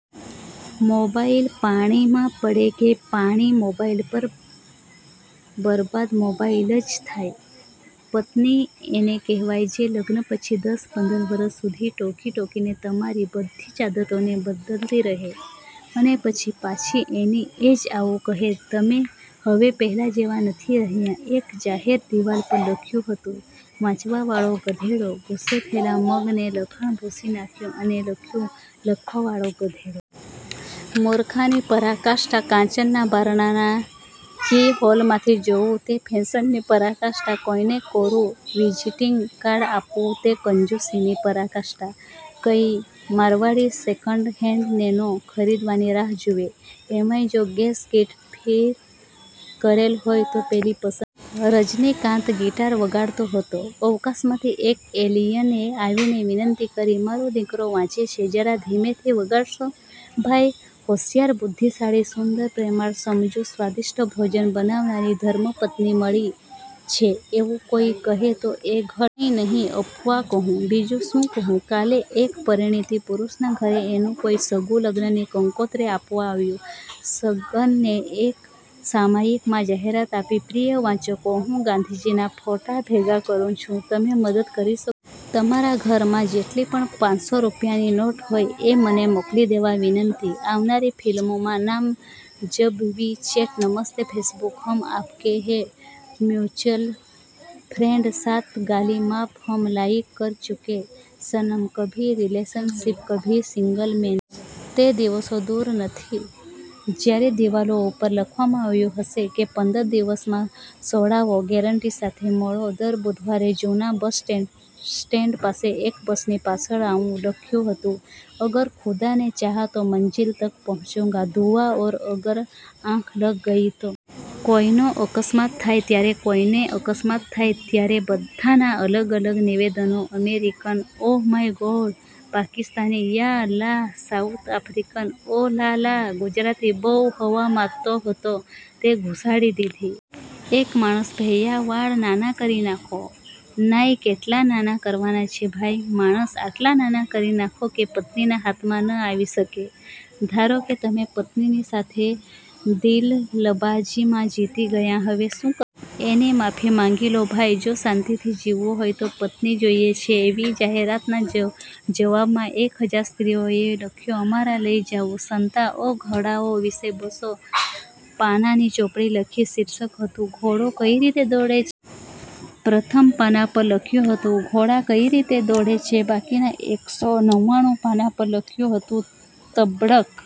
Mobile પાણી માં પડે કે પાણી મોબાઈલ, પર બરબાદ મોબાઈલ જ થાય છે. પત્ની એને કહેવાય જે લગ્ન પછી દસ-પંદર વર્ષ સુધી ટોકી ટોકીને તમારી બધી જ આદતોને બદલતી રહે અને પછી પાછી એની એ જ આવું કહે: 'તમે હવે પહેલા જેવા નથી રહ્યા' એક જાહેર દીવાલ પર લખ્યું હતું: વાંચવાવાળો ગધેડો, ગુસ્સે થયેલા મગને લખાણ ભૂંસી નાખ્યું અને લખ્યું 'લખવાવાળો ગધેડો. મુર્ખાઈની પરાકાષ્ઠા: કાચના બારણાના કી-હોલમાંથી જોવું તે. ફેશનની પરાકાષ્ઠા: કોઈને કોરું વિઝીટીંગ કાર્ડ આપવું તે, કંજુસીની પરાકાષ્ઠા કઈ? મારવાડી સેકન્ડ હેન્ડ નેનો ખરીદવાની રાહ જુવે. એમાંય જો ગેસ કીટ ફીટ કરેલ હોય તો પેલી પસંદગી. રજનીકાંત ગિટાર વગાડતો હતો. અવકાશમાંથી એક એલિયને આવીને વિનંતી કરી: મારો દીકરો વાંચે છે, જરા ધીમેથી વગાડશો ભાઈ! હોશિયાર, બુધ્ધિશાળી, સુંદર, પ્રેમાળ, સમજુ, સ્વાદિષ્ટ ભોજન બનાવનારી ધર્મપત્ની મળી છે એવું કોઈ કહે તો એ ઘટનાને તમે શું કહો? કંઈ નહીં, અફવા કહું, બીજું શું કહું? કાલે એક પરિણીત પુરુષના ઘરે એનું કોઈ સગું લગ્નની કંકોત્રી આપવા આવ્યું. છગને એક સામાયિકમાં જાહેરાત આપી: 'પ્રિય વાચકો, હું ગાંધીજીના ફોટા ભેગા કરું છું. તમે મદદ કરી શકો છો. તમારા ઘરમાં જેટલી પણ પાંચસો રૂપિયાની નોટ હોય એ મને મોકલી દેવા વિનંતી' આવનારી ફિલ્મોના નામ:- જબ વી ચેટ, નમસ્તે ફેસબુક, હમ આપકે હે મ્યુચ્યુઅલ ફ્રેન્ડ, સાત ગાલી માફ, હમ લાઇક કર ચુકે સનમ, કભી રિલેશનશિપ કભી સિંગલ, મેને પોક ક્યું કિયા, મુજસે ચેટિંગ કરોગે….. તે દિવસો દુર નથી જયારે દીવાલો ઉપર લખવામાં આવ્યું હશે કે પંદર દિવસમાં, છોડાવો ગેરંટી સાથે. મળો દર બુધવારે જુના બસ સ્ટેન્ડ પાસે એક બસની પાછળ આવું લખ્યું હતું: અગર ખુદાને ચાહા તો મંઝિલ તક પહૂંચા દુંગા ઔર અગર આંખ લગ ગઈ તો મા કસમ, ખુદા સે હી મિલવા દુંગા. કોઈ નો અકસ્માત થાય ત્યારે, કોઈ નો અકસ્માત થાય ત્યારે બધા ના અલગ અલગ નિવેદનો, American: oh my God! Pakistani: યા અલ્લાહ! સાઉથ આફ્રીકન: ઓ, લા લા! ગુજરાતી: બઉં હવા મારતો હતો ને, ઘુસાડી દીધી. એક માણસ- ભૈયા વાળ નાના કરી નાખો. નાઈ- કેટલા નાના કરવાના છે ભાઈ!! માણસ- આટલા નાના કરી નાખો કે પત્નીના હાથમાં ન આવી શકે!! ધારો કે તમે પત્ની સાથેની દલીલબાજીમાં જીતી ગયા. હવે શું કરશો? એની માફી માગી લો ભાઈ, જો શાંતિથી જીવવું હોય તો. પતિ જોઈએ છે' એવી જાહેરાતના જવાબમાં એક હજાર સ્ત્રીઓએ લખ્યું: અમારો લઈ જાઓ. સંતા એ ઘોડાઓ વિશે બસો પાનાની ચોપડી લખી. શીર્ષક હતું: ઘોડા કઈ રીતે દોડે છે? પ્રથમ પાના પર લખ્યું હતું: ઘોડા કઈ રીતે દોડે છે? બાકીના એકસો નવ્વાણું પાના પર લખ્યું હતું: તબડક